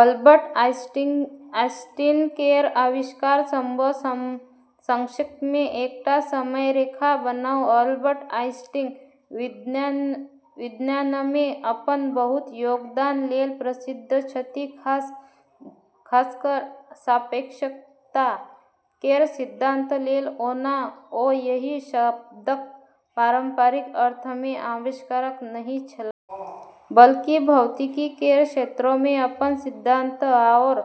Albert Einstein केर आविष्कार सभक संक्षेपमे एकटा समय रेखा बनाउ। अल्बर्ट आइंस्टीन विज्ञानमे अपन बहुत योगदान लेल प्रसिद्ध छथि, खास कऽ कऽ सापेक्षता केर सिद्धांत लेल। ओना ओ एहि शब्दक पारम्परिक अर्थमे आविष्कारक नहि छलाह। बल्कि भौतिकी केर क्षेत्रमे अपन सिद्धांत आओर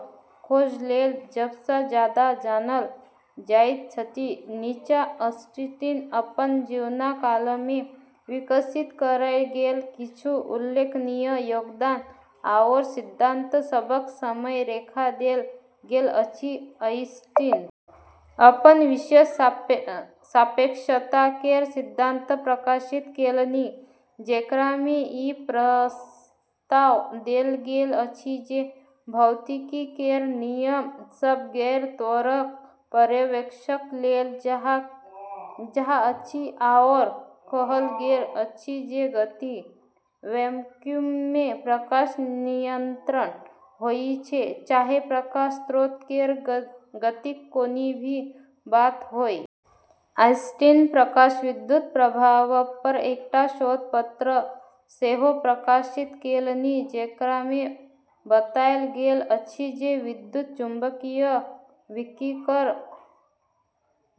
खोज लेल सबसँ जादा जानल जाइत छथि। नीचाँ आइंस्टीन अपन जीवनकालमे विकसित कएल गेल किछु उल्लेखनीय योगदान आओर सिद्धांत सभक समय रेखा देल गेल अछि: आइंस्टीन अपन विशेष सापेक्षता केर सिद्धांत प्रकाशित केलनि, जेकरामे ई प्रस्ताव देल गेल अछि जे भौतिकी केर नियम सब गैर-त्वरक पर्यवेक्षक लेल एक जकाँ अछि आओर कहल गेल अछि जे गति वैक्यूममे प्रकाश निरंतर होइत छै, चाहे प्रकाश स्रोत केर गतिक कोनो भी बात होअए। आइंस्टीन प्रकाश विद्युत प्रभावपर एकटा शोध पत्र सेहो प्रकाशित केलनि, जेकरामे बताएल गेल अछि जे विद्युत चुम्बकीय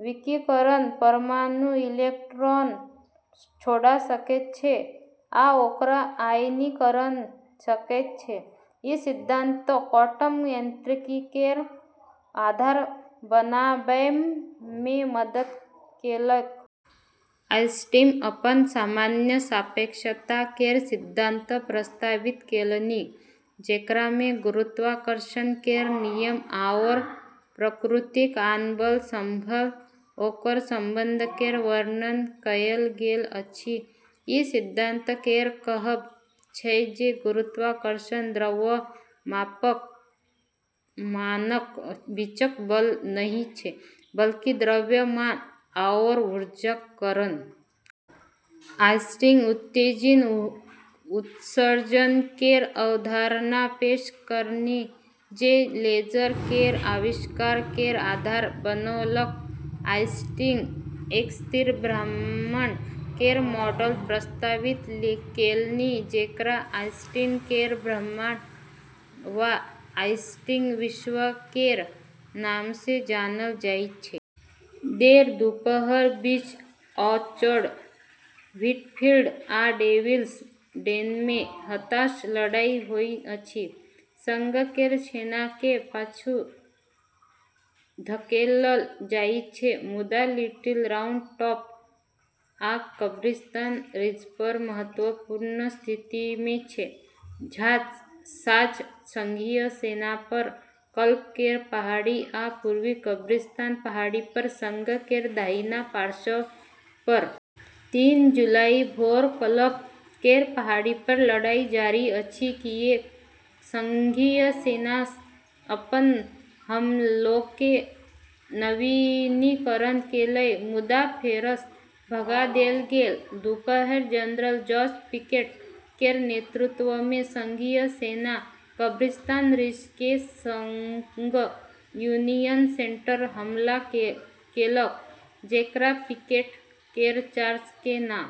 विकिरण परमाणुसँ इलेक्ट्रॉन छोड़ा सकैत छै, वा ओकरा "आयनीकरण" कऽ सकैत छै। ई सिद्धांत क्वांटम यांत्रिकी केर आधार बनाबैमे मदद केलक। आइंस्टीन अपन सामान्य सापेक्षता केर सिद्धांत प्रस्तावित केलनि, जेकरामे गुरुत्वाकर्षण केर नियम आओर प्रकृतिक आन बल सभसँ ओकर संबंध केर वर्णन कएल गेल अछि। ई सिद्धांत केर कहब छै जे गुरुत्वाकर्षण द्रव्यमानक बीचक बल नहि छै, बल्कि द्रव्यमान आओर ऊर्जाक कारण अंतरिक्षकाल केर वक्रता छै। आइंस्टीन उत्तेजित उत्सर्जन केर अवधारणा पेश केलनि, जे लेजर केर आविष्कार केर आधार बनौलक। आइंस्टीन एक स्थिर ब्रह्मांड केर मॉडल प्रस्तावित केलनि, जेकरा आइंस्टीन केर ब्रह्मांड वा आइंस्टीन विश्व केर नामसँ जानल जाइत छै। - देर दुपहर: पीच ऑर्चार्ड, व्हीटफील्ड, आ डेविल्स डेनमे हताश लड़ाई होइत अछि। संघ केर सेनाकेँ पाछू धकेलल जाइत छै मुदा लिटिल राउंड टॉप आ कब्रिस्तान रिजपर महत्वपूर्ण स्थितिमे छै। साँझ: संघीय सेना सब कल्प केर पहाड़ी आ पूर्वी कब्रिस्तान पहाड़ीपर संघ केर दाहिना पार्श्वपर हमला करैत अछि, मुदा ओकरा भगा देल जाइत अछि। तीन जुलाई, भोर: कलप केर पहाड़ीपर लड़ाई जारी अछि किऐक तऽ संघीय सेना अपन हमलाकेँ नवीनीकरण केलक, मुदा फेरसँ भगा देल गेल। दुपहर: जनरल जॉर्ज पिकेट केर नेतृत्वमे संघीय सेना कब्रिस्तान रिज केर संग यूनियन सेंटरपर हमला केलक, जेकरा पिकेट केर चार्ज केर नामसँ जानल जाइत छै। देर दुपहर: पिकेट केर चार्जकेँ।